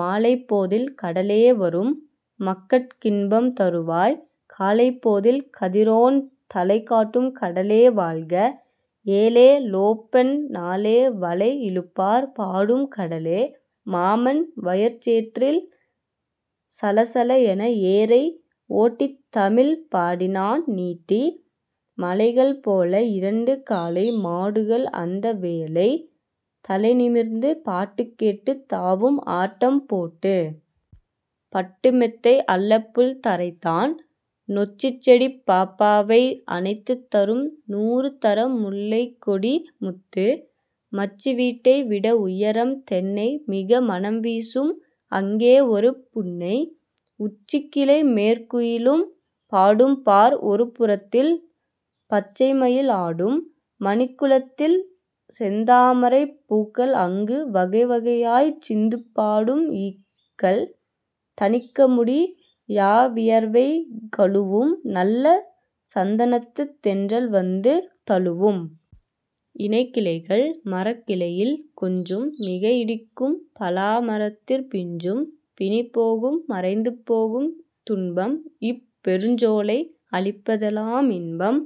மாலைப் போதில் கடலே வரும்। மக்கட் கின்பம் தருவாய். காலைப் போதில் கதிரோன் தலை காட்டும் கடலே வாழ்க! ஏலே லோப்பண் ணாலே வலை இழுப்பார் பாடும் கடலே! மாமன் வயற் சேற்றில் சலசல என ஏரை ஓட்டித் தமிழ் பாடினான் நீட்டி! மலைகள் போல இரண்டு காளை மாடுகள் அந்த வேளை தலைநிமிர்ந்து பாட்டுக் கேட்டுத் தாவும் ஆட்டம் போட்டு! பட்டுமெத்தை அல்லபுல்த ரைதான்! நொச்சிச்செடிப் பாப்பாவை அணைத்துத் தரும் நூறுதரம் முல்லைக்கொடி முத்து! மச்சிவீட்டை விடஉயரம் தென்னை மிக மணம்வீசும் அங்கே ஒரு புன்னை! உச்சிக்கிளை மேற்குயிலும் பாடும் பார் ஒருபுறத்தில் பச்சைமயில் ஆடும். மணிக்குளத்தில் செந்தாமரைப் பூக்கள்-அங்கு வகைவகையாய்ச் சிந்துபாடும் ஈக்கள்! தணிக்கமுடி யாவியர்வைகழுவும்-நல்ல சந்தனத்துத் தென்றல் வந்து தழுவும்! இணைக்கிளைகள் மரக்கிளையில் கொஞ்சும்-மிக இடிக்கும் பலா மரத்திற் பிஞ்சும்! பிணிபோகும் மறைந்துபோகும் துன்பம்-இப் பெருஞ்சோலை அளிப்பதெலாம் இன்பம்!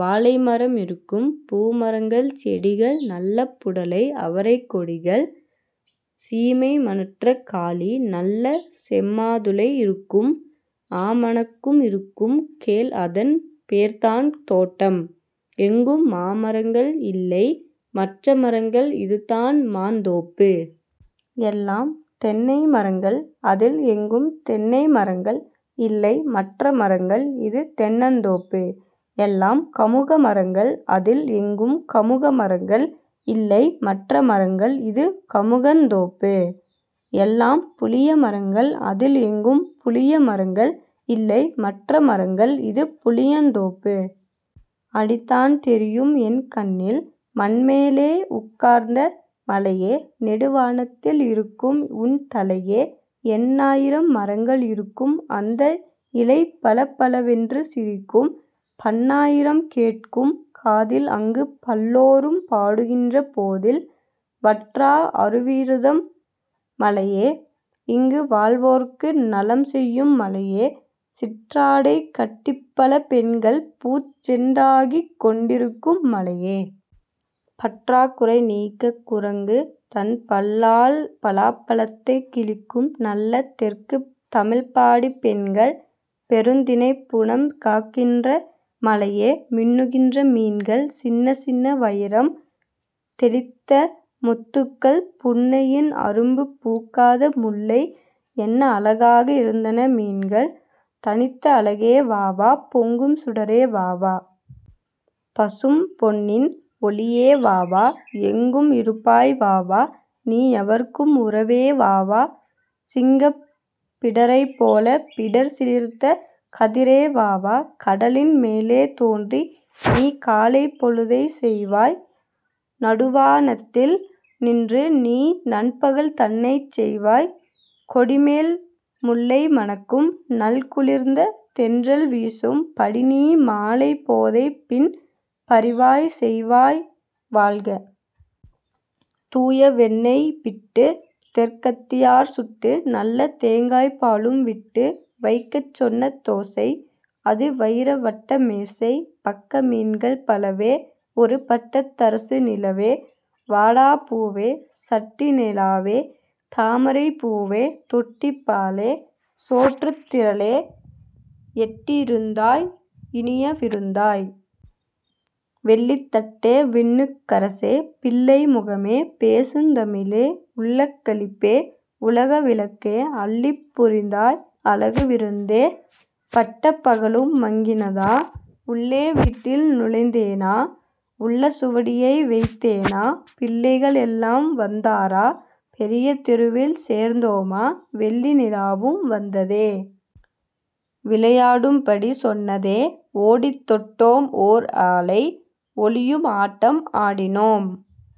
வாழைமரம் இருக்கும். பூமரங்கள் செடிகள்-நல்ல புடலை அவரைக் கொடிகள், சீமைமணற்றக் காளி-நல்ல செம்மாதுளை இருக்கும். ஆமணக்கும் இருக்கும் கேள் அதன் பேர்தான் தோட்டம். எங்கும் மாமரங்கள்; இல்லை மற்ற மரங்கள் இதுதான் மாந் தோப்பு. எல்லாம் தென்னை மரங்கள்- அதில் எங்கும் தென்னை மரங்கள்; இல்லை மற்ற மரங்கள் இது தென்னந் தோப்பு. எல்லாம் கமுக மரங்கள்- அதில் எங்கும் கமுக மரங்கள்; இல்லை மற்ற மரங்கள் இது கமுகந் தோப்பு. எல்லாம் புளிய மரங்கள்- அதில் எங்கும் புளிய மரங்கள்; இல்லை மற்ற மரங்கள் இது புளியந் தோப்பு. அடிதான் தெரியும்என் கண்ணில். மண்மேலே உட்கார்ந்த மலையே! -நெடு வானத்தில் இருக்கும்உன் தலையே! எண்ணாயி ரம்மரங்கள் இருக்கும் அந்த இலைபள பளவென்று சிரிக்கும். பண்ணாயிரம் கேட்கும் காதில்-அங்குப் பல்லோரும் பாடுகின்ற போதில். வற்றா அருவிதரும் மலையே! -இங்கு வாழ்வோர்க்கு நலம் செய்யும் மலையே! சிற்றாடை கட்டிப்பல பெண்கள்-பூச் செண்டாடிக் கொண்டிருக்கும் மலையே! பற்றாக் குறை நீக்கக் குரங்கு-தன் பல்லால் பலாப்பழத்தைக் கிழிக்கும்-நல்ல தெற்குத் தமிழ்பாடிப் பெண்கள்-பெருந் தினைப்புனம் காக்கின்ற மலையே! மின்னுகின்ற மீன்கள் சின்ன சின்ன வயிரம் தௌித்தமுத் துக்கள் புன்னையின் அரும்பு பூக்காத முல்லை என்ன அழ காக இருந்தன மீன்கள்! தனித்த அழகே வாவா! பொங்கும் சுடரே வாவா! -பசும் பொன்னின் ஒளியே வாவா! எங்கும் இருப்பாய் வாவா! நீ எவர்க்கும் உறவே வாவா! சிங்கப் பிடரைப்போல-பிடர் சிலிர்த்த கதிரே வாவா! கடலின் மேலே தோன்றி-நீ காலைப் பொழுதைச் செய்வாய். நடுவா னத்தில் நின்று நீ நண்பகல் தன்னைச் செய்வாய். கொடிமேல் முல்லைம ணக்கும் நல் குளிர்ந்த தென்றல் வீசும் படிநீ மாலைப் போதைப்-பின் பரிவாய்ச் செய்வாய் வாழ்க. தூய வெண்ணைய்ப் பிட்டு! தெற்கத்தியார் சுட்டு-நல்ல தேங்காய்ப் பாலும் விட்டு வைக்கச் சொன்ன தோசை-அது வயிர வட்ட மேசை! பக்க மீன்கள் பலவே-ஒரு பட்டத் தரசு நிலவே. வாடாப் பூவே! சட்டிநி லாவே! தாமரைப் பூவே! தொட்டிப் பாலே! சோற்றுத் திரளே! எட்டிஇ ருந்தாய் இனியவி ருந்தாய். வெள்ளித் தட்டே! விண்ணுக் கரசே! பிள்ளை முகமே! பேசுந் தமிழே! உள்ளக் களிப்பே! உலக விளக்கே! அள்ளிப் புரிந்தாய் அழகு விருந்தே. பட்டப் பகலும் மங்கினதா? உள்ளே வீட்டில் நுழைந்தேனா? உள்ள சுவடியை வைத்தேனா? பிள்ளைகள் எல்லாம் வந்தாரா? பெரிய தெருவில் சேர்ந்தோமா? வெள்ளி நிலாவும் வந்ததே! விளையா டும்படி சொன்னதே! ஓடித் தொட்டோம் ஓர் ஆளை! ஒளியும் ஆட்டம் ஆடினோம்!